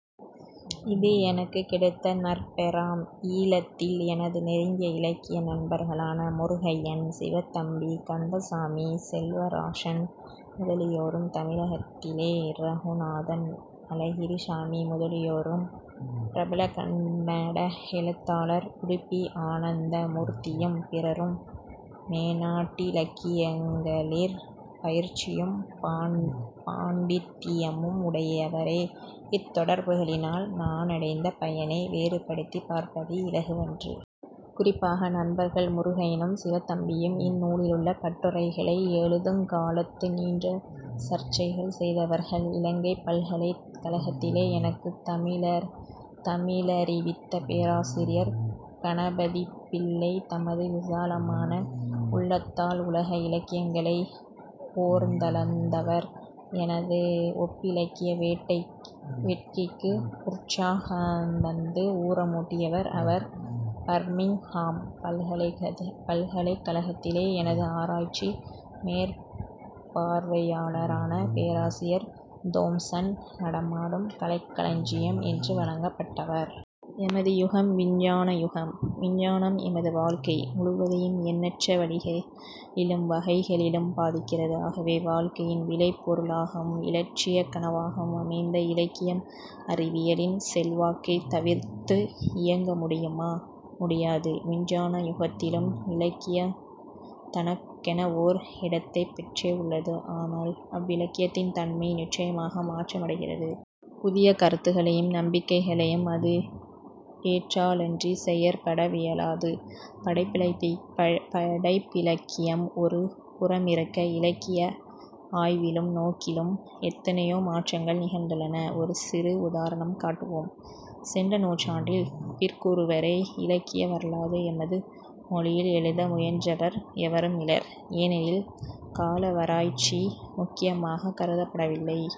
இது எனக்குக் கிடைத்த நற்பேறாம். ஈழத்தில் எனது நெருங்கிய இலக்கிய நண்பர்களான முருகையன், சிவத்தம்பி, கந்தசாமி, செல்வராசன் முதலியோரும் தமிழகத்திலே ரகுநாதன், அழகிரிசாமி முதலியோரும் பிரபல கன்னடஎழுத்தாளர் உடுப்பி ஆனந்த மூர்த்தியும் பிறரும் மேனாட்டிலக்கியங்களிற் பயிற்சியும் பாண்டித்தியமும் உடையவரே. இத்தொடர்புகளினால் நானடைந்த பயனை வேறுபடுத்திப் பார்ப்பது இலகுவன்று. குறிப்பாக நண்பர்கள் முருகையனும், சிவத்தம்பியும் இந்நூலிலுள்ள கட்டுரைகளை எழுதுங் காலத்து நீண்ட சர்ச்சைகள் செய்தவர்கள். இலங்கைப் பல்கலைக் கழகத்திலே எனக்குத் தமிழறிவித்த பேராசிரியர் கணபதிப்பிள்ளை தமது விசாலமான உள்ளத்தால் உலக இலக்கியங்களை ஓர்ந்தளந்தவர். எனது ஒப்பிலக்கிய வேட்கைக்கு உற்சாகந்தந்து உர மூட்டியவர் அவர். பர்மிங்ஹாம் பல்கலைக்கழகத்திலே எனது ஆராய்ச்சி மேற்பார்வையாளரான பேராசிரியர் தொம்சன் 'நடமாடும் கலைக்களஞ்சியம்' என்று வழங்கப்பட்டவர். எமது யுகம் விஞ்ஞானயுகம். விஞ்ஞானம் எமது வாழ்க்கை முழுவதையும் எண்ணற்ற வழிகளிலும் வகைகளிலும் பாதிக்கிறது. ஆகவே வாழ்க்கையின் விளைபொருளாகவும் இலட்சியக் கனவாகவும் அமைந்த இலக்கியம் அறிவியலின் செல்வாக்கைத் தவிர்த்து இயங்கமுடியுமா? முடியாது. விஞ்ஞான யுகத்திலும் இலக்கியம் தனக்கெனவோர் இடத்தைப் பெற்றே உள்ளது. ஆனால் அவ்விலக்கியத்தின் தன்மை நிச்சயமாக மாற்ற மடைகிறது. புதிய கருத்துக்களையும் நம்பிக்கைகளையும் அது ஏற்றாலன்றிச் செயற்பட வியலாது. படைப்பிலக்கியம் ஒரு புறமிருக்க இலக்கிய ஆய்விலும் நோக்கிலும் எத்தனையோ மாற்றங்கள் நிகழ்ந்துள்ளன. ஒரு சிறு உதாரணம் காட்டுவோம். சென்ற நூற்றாண்டின் பிற்கூறுவரை இலக்கிய வரலாறு எமது மொழியில் எழுத முயன்றவர் எவருமிலர். ஏனெனில், காலவாராய்ச்சி முக்கியமாகக் கருதப்படவில்லை.